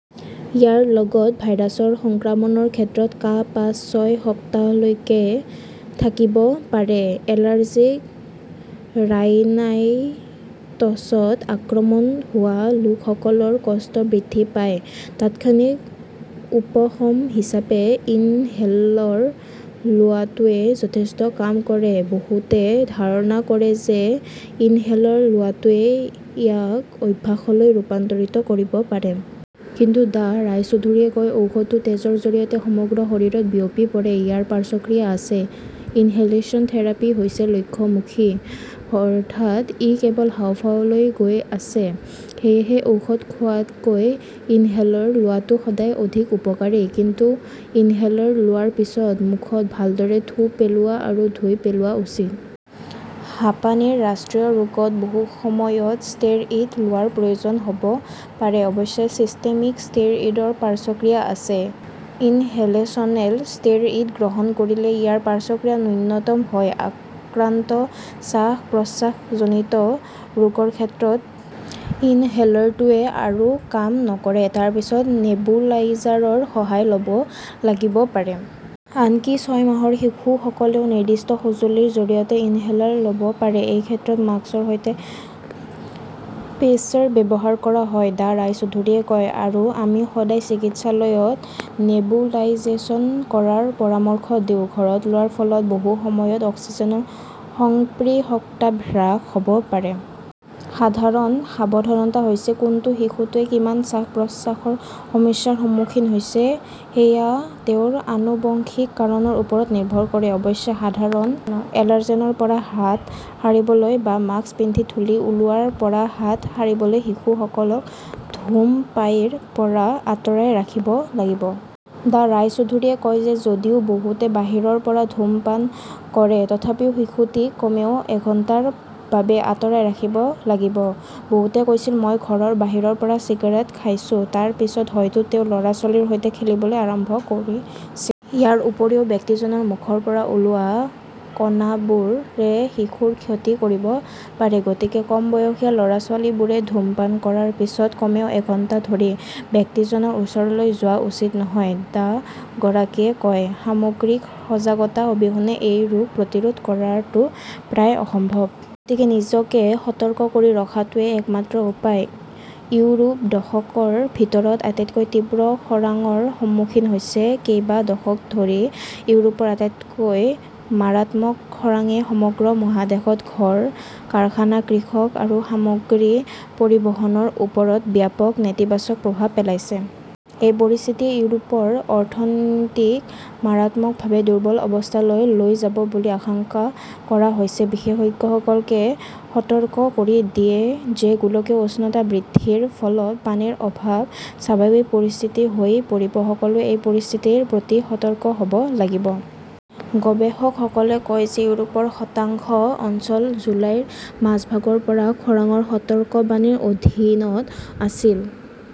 ইয়াৰ লগত ভাইৰাছৰ সংক্ৰমণৰ ক্ষেত্ৰত কাহ পাঁচ-ছয় সপ্তাহলৈকে থাকিব পাৰে। এলাৰ্জিক ৰাইনাইটছত আক্ৰান্ত হোৱা লোকসকলৰ কষ্ট বৃদ্ধি পায়। তাৎক্ষণিক উপশম হিচাপে ইনহেলৰ লোৱাটোৱে যথেষ্ট কাম কৰে। বহুতে ধাৰণা কৰে যে ইনহেলৰ লোৱাটোৱে ইয়াক অভ্যাসলৈ ৰূপান্তৰিত কৰিব পাৰে। কিন্তু ডাঃ ৰায়চৌধৰীয়ে কয়, "ঔষধটো তেজৰ জৰিয়তে সমগ্ৰ শৰীৰত বিয়পি পৰে, ইয়াৰ পাৰ্শ্বক্ৰিয়া আছে। ইনহেলেশ্যন থেৰাপী হৈছে লক্ষ্য-মুখী। অৰ্থাৎ ই কেৱল হাঁওফাঁওলৈ গৈ আছে। সেয়েহে ঔষধ খোৱাতকৈ ইনহেলৰ লোৱাটো সদায় অধিক উপকাৰী। কিন্তু ইনহেলৰ লোৱাৰ পিছত মুখত ভালদৰে থু পেলোৱা আৰু ধুই পেলোৱা উচিত। হাঁপানীৰ ৰাষ্ট্ৰীয় ৰোগত বহু সময়ত ষ্টেৰইড লোৱাৰ প্ৰয়োজন হ'ব পাৰে। অৱশ্যে, চিষ্টেমিক ষ্টেৰইডৰ পাৰ্শ্বক্ৰিয়া আছে। ইনহেলেচনেল ষ্টেৰইড গ্ৰহণ কৰিলে ইয়াৰ পাৰ্শ্বক্ৰিয়া ন্যূনতম হয়। আক্ৰান্ত শ্বাস-প্ৰশ্বাসজনিত ৰোগৰ ক্ষেত্ৰত ইনহেলৰটোৱে আৰু কাম নকৰে। তাৰ পিছত নেবুলাইজাৰৰ সহায় ল'ব লাগিব পাৰে। আনকি ছয় মাহৰ শিশুসকলেও নিৰ্দিষ্ট সঁজুলিৰ জৰিয়তে ইনহেলৰ ল'ব পাৰে। এই ক্ষেত্ৰত মাস্কৰ সৈতে স্পেচাৰ ব্যৱহাৰ কৰা হয় ", ডাঃ ৰায়চৌধৰীয়ে কয়। আৰু আমি সদায় চিকিৎসালয়ত নেবুলাইজেচন কৰাৰ পৰামৰ্শ দিওঁ। ঘৰত লোৱাৰ ফলত বহু সময়ত অক্সিজেনৰ সংপৃক্ততা হ্ৰাস হ'ব পাৰে। সাধাৰণ সাৱধানতা হৈছে কোনটো শিশুৱে কিমান শ্বাস-প্ৰশ্বাসৰ সমস্যাৰ সন্মুখীন হৈছে সেয়া তেওঁৰ আনুবংশিক কাৰণৰ ওপৰত নিৰ্ভৰ কৰে। অৱশ্যে, সাধাৰণ এলাৰ্জেনৰ পৰা হাত সাৰিবলৈ বা মাস্ক পিন্ধি ধূলি ওলোৱাৰ পৰা হাত সাৰিবলৈ শিশুসকলক ধূমপায়ীৰ পৰা আঁতৰাই ৰাখিব লাগিব। ডাঃ ৰায়চৌধৰীয়ে কয় যে যদিও বহুতে বাহিৰৰ পৰা ধূমপান কৰে, তথাপিও শিশুটিক কমেও এঘণ্টাৰ বাবে আঁতৰাই ৰাখিব লাগিব। বহুতে কৈছিল, 'মই ঘৰৰ বাহিৰৰ পৰা চিগাৰেট খাইছো। তাৰ পিছত হয়তো তেওঁ ল'ৰা-ছোৱালীৰ সৈতে খেলিবলৈ আৰম্ভ কৰিছিল। ইয়াৰ উপৰিও, ব্যক্তিজনৰ মুখৰ পৰা ওলোৱা কণাবোৰে শিশুৰ ক্ষতি কৰিব পাৰে। গতিকে কম বয়সীয়া ল'ৰা-ছোৱালীবোৰে ধূমপান কৰাৰ পিছত কমেও এঘণ্টা ধৰি ব্যক্তিজনৰ ওচৰলৈ যোৱা উচিত নহয়", ডাঃগৰাকীয়ে কয়। সামগ্ৰিক সজাগতা অবিহনে এই ৰোগ প্ৰতিৰোধ কৰাটো প্ৰায় অসম্ভৱ। গতিকে নিজকে সতৰ্ক কৰি ৰখাটোৱেই একমাত্ৰ উপায়। ইউৰোপ দশকৰ ভিতৰত আটাইতকৈ তীব্ৰ খৰাংৰ সন্মুখীন হৈছে কেইবা দশক ধৰি ইউৰোপৰ আটাইতকৈ মাৰাত্মক খৰাংয়ে সমগ্ৰ মহাদেশত ঘৰ, কাৰখানা, কৃষক আৰু সামগ্ৰী পৰিবহণৰ ওপৰত ব্যাপক নেতিবাচক প্ৰভাৱ পেলাইছে। এই পৰিস্থিতিয়ে ইউৰোপৰ অৰ্থনীতিক মাৰাত্মকভাৱে দুৰ্বল অৱস্থালৈ লৈ যাব বুলি আশংকা কৰা হৈছে। বিশেষজ্ঞসকলে সতৰ্ক কৰি দিয়ে যে গোলকীয় উষ্ণতা বৃদ্ধিৰ ফলত পানীৰ অভাৱ 'স্বাভাৱিক পৰিস্থিতি ' হৈ পৰিব। সকলোৱে এই পৰিস্থিতিৰ প্ৰতি সতৰ্ক হ'ব লাগিব। গৱেষকসকলে কয় যে ইউৰোপৰ শতাংশ অঞ্চল জুলাইৰ মাজভাগৰ পৰা খৰাংৰ সতৰ্কবাণীৰ অধীনত আছিল।